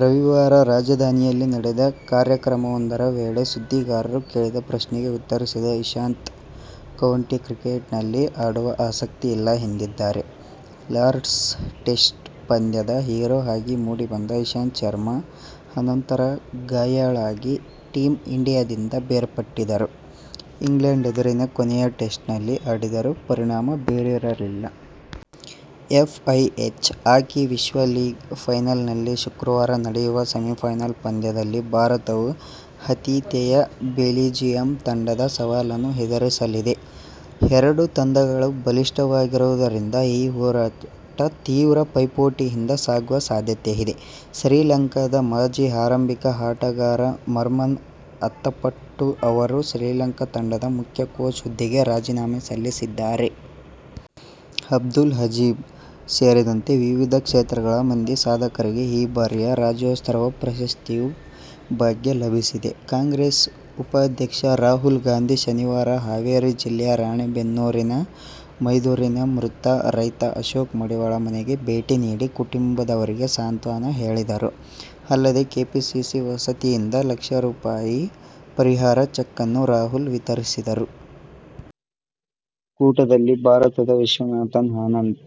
ರವಿವಾರ ರಾಜಧಾನಿಯಲ್ಲಿ ನಡೆದ ಕಾರ್ಯಕ್ರಮವೊಂದರ ವೇಳೆ ಸುದ್ದಿಗಾರರು ಕೇಳಿದ ಪ್ರಶ್ನೆಗೆ ಉತ್ತರಿಸಿದ ಇಶಾಂತ್, ಕೌಂಟಿ ಕ್ರಿಕೆಟ್ನಲ್ಲಿ ಆಡುವ ಆಸಕ್ತಿ ಇಲ್ಲ ಎಂದಿದ್ದಾರೆ. ಲಾರ್ಡ್ಸ್ ಟೆಸ್ಟ್ ಪಂದ್ಯದ ಹೀರೋ ಆಗಿ ಮೂಡಿಬಂದ ಇಶಾಂತ್ ಶರ್ಮ, ಅನಂತರ ಗಾಯಾಳಾಗಿ ಟೀಮ್ ಇಂಡಿಯಾದಿಂದ ಬೇರ್ಪಟ್ಟಿದ್ದರು. ಇಂಗ್ಲೆಂಡ್ ಎದುರಿನ ಕೊನೆಯ ಟೆಸ್ಟ್ನಲ್ಲಿ ಆಡಿದರೂ ಪರಿಣಾಮ ಬೀರಿರಲಿಲ್ಲ. ಎಫ್ಐಎಚ್ ಹಾಕಿ ವಿಶ್ವ ಲೀಗ್ ಸೆಮಿಫೈನಲ್ಸ್ನ ಶುಕ್ರವಾರ ನಡೆಯುವ ಸೆಮಿಫೈನಲ್ ಪಂದ್ಯದಲ್ಲಿ ಭಾರತವು ಆತಿಥೇಯ ಬೆಲ್ಜಿಯಂ ತಂಡದ ಸವಾಲನ್ನು ಎದುರಿಸಲಿದೆ. ಎರಡೂ ತಂಡಗಳು ಬಲಿಷ್ಠವಾಗಿರುವುದರಿಂದ ಈ ಹೋರಾಟ ತೀವ್ರ ಪೈಪೋಟಿಯಿಂದ ಸಾಗುವ ಸಾಧ್ಯತೆಯಿದೆ. ಶ್ರೀಲಂಕಾದ ಮಾಜಿ ಆರಂಭಿಕ ಆಟಗಾರ ಮರ್ವನ್ ಅತ್ತಪಟ್ಟು ಅವರು ಶ್ರೀಲಂಕಾ ತಂಡದ ಮುಖ್ಯ ಕೋಚ್ ಹುದ್ದೆಗೆ ರಾಜೀನಾಮೆ ಸಲ್ಲಿಸಿದ್ದಾರೆ. ಅಬ್ದುಲ್ ಅಜೀಜ್ ಸೇರಿದಂತೆ ವಿವಿಧ ಕ್ಷೇತ್ರಗಳ ಮಂದಿ ಸಾಧಕರಿಗೆ ಈ ಬಾರಿಯ ರಾಜ್ಯೋತ್ಸವ ಪ್ರಶಸ್ತಿಯ ಭಾಗ್ಯ ಲಭಿಸಿದೆ. ಕಾಂಗ್ರೆಸ್ ಉಪಾಧ್ಯಕ್ಷ ರಾಹುಲ್ ಗಾಂಧಿ ಶನಿವಾರ ಹಾವೇರಿ ಜಿಲ್ಲೆಯ ರಾಣಿಬೆನ್ನೂರಿನ ಮೈದೂರಿನ ಮೃತ ರೈತ ಅಶೋಕ್ ಮಡಿವಾಳ ಮನೆಗೆ ಭೇಟಿ ನೀಡಿ ಕುಟುಂಬದವರಿಗೆ ಸಾಂತ್ವನ ಹೇಳಿದರು. ಅಲ್ಲದೇ ಕೆಪಿಸಿಸಿ ವತಿಯಿಂದ ಲಕ್ಷ ರೂಪಾಯಿ ಪರಿಹಾರ ಚೆಕ್ ಅನ್ನು ರಾಹುಲ್ ವಿತರಿಸಿದರು. ಕೂಟದಲ್ಲಿ ಭಾರತದ ವಿಶ್ವನಾಥನ್ ಆನಂದ್,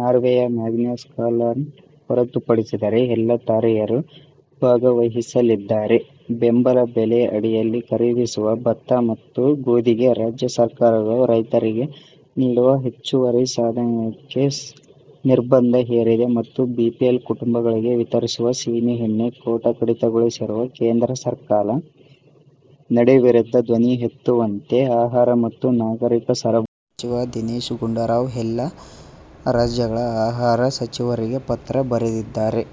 ನಾರ್ವೆಯ ಮ್ಯಾಗ್ನಸ್ ಕಾರ್ಲ್ಸನ್ ಹೊರತುಪಡಿಸಿದರೆ ಎಲ್ಲ ತಾರೆಯರೂ ಭಾಗವಹಿಸಲಿದ್ದಾರೆ. ಬೆಂಬಲ ಬೆಲೆ ಅಡಿಯಲ್ಲಿ ಖರೀದಿಸುವ ಭತ್ತ ಮತ್ತು ಗೋದಿಗೆ ರಾಜ್ಯ ಸರ್ಕಾರಗಳು ರೈತರಿಗೆ ನೀಡುವ ಹೆಚ್ಚುವರಿ ಸಹಾಯಧನಕ್ಕೆ ನಿರ್ಬಂಧ ಹೇರಿದ ಮತ್ತು ಬಿಪಿಎಲ್ ಕುಟುಂಗಳಿಗೆ ವಿತರಿಸುವ ಸೀಮೆ ಎಣ್ಣೆ ಕೋಟಾ ಕಡಿತಗೊಳಿಸಿರುವ ಕೇಂದ್ರ ಸರ್ಕಾರ ನಡೆ ವಿರುದ್ಧ ಧ್ವನಿ ಎತ್ತುವಂತೆ ಆಹಾರ ಮತ್ತು ನಾಗರಿಕ ಸರಬರಾಜು ಸಚಿವ ದಿನೇಶ ಗುಂಡೂರಾವ್ ಎಲ್ಲ ರಾಜ್ಯಗಳ ಆಹಾರ ಸಚಿವರಿಗೆ ಪತ್ರ ಬರೆದಿದ್ದಾರೆ.